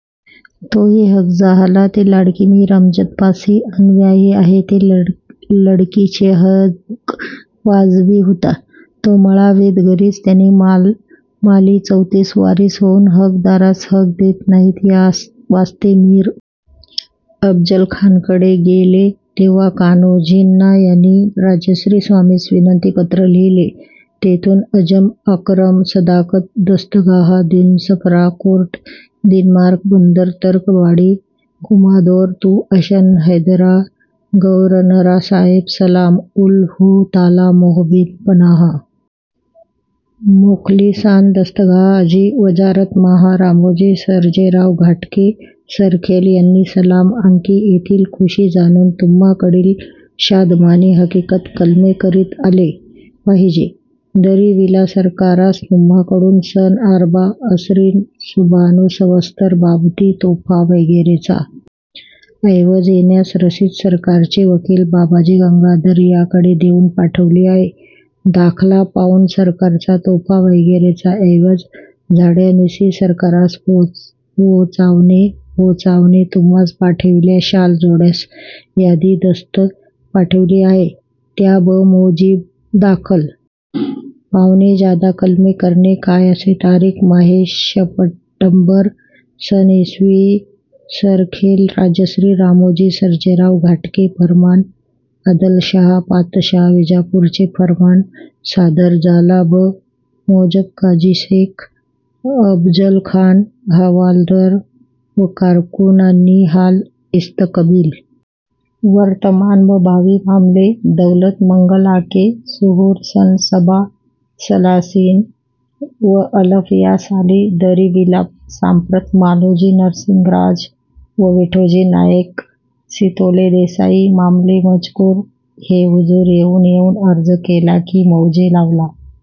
तोही हक जाहला ते लडकी मीर अमजद पासी आन व्याही आहे ते लडकीचे हक वाजबी होता तो मळा वीत घरीच त्याचे माल माली चौतीस वारीस होऊन हक दारास हक देत नाहीत यावास्ते मीर अफजलखानाकडे गेले तेव्हा कान्होजी नाा याणी राजश्री स्वामीस विनती पत्र लिहिले तेथुन अजम आकरम सदाकत दस्तगाहा दीनसफरा कोर्ट दिनमार्क बंदर तर्कबाडी कुमादोर तु अशन हैदरा गवरनरा साहेब सलाम उल हू ताला मोहबीन पनाहा मोखलीसान दस्तगाह अजी वजारत माहा रामोजी सरजेराव घाटके सरखेल यांनी सलाम आंकी येथील खुषी जाणुन तुम्हाकडील षादमानी हकिकत कलमे करीत आले पाहिजे दरीवीला सरकारास तुम्हाकडून सन आर्बा असरीन सुभानू संवत्सर बाबती तोफा वगैरेचा यैवज येण्यास रसिद सरकारचे वकील बाबाजी गंगाधर याकडे देऊन पाठविली आहे दाखला पाऊन सरकारचा तोफा वगैरेचा यैवज झाड्यानीसी सरकारास पोहचावणे पोहचावणे तुम्हास पाठविल्या शाल जोड्यास यादी दास्त पाठविली आहे त्या ब मोजिब दाखल पावणे ज्यादा कलमे करने काय असे तारिख माहे शपटंबर सन ईसवी सरखेल राजश्री रामोजी सर्जेराव घाटके फर्मान आदलशाहा पातशाहा विजापूरचे फर्मान सादर जाला ब मोजब काजी सेख अबजलखान हवालदार व कारकुनानी हाल इस्तकबील वर्तमान व भावी मामले दौलत मंगल आके सुहूर सन सबा सलासीन व अलफ या साली दरिवीला सांप्रत मालोजी नरसिंगराज व विठोजी नायेक सितोले देसाई मामले मजकूर हे हुजूर येऊन येऊन अर्ज केला की मौजे लवला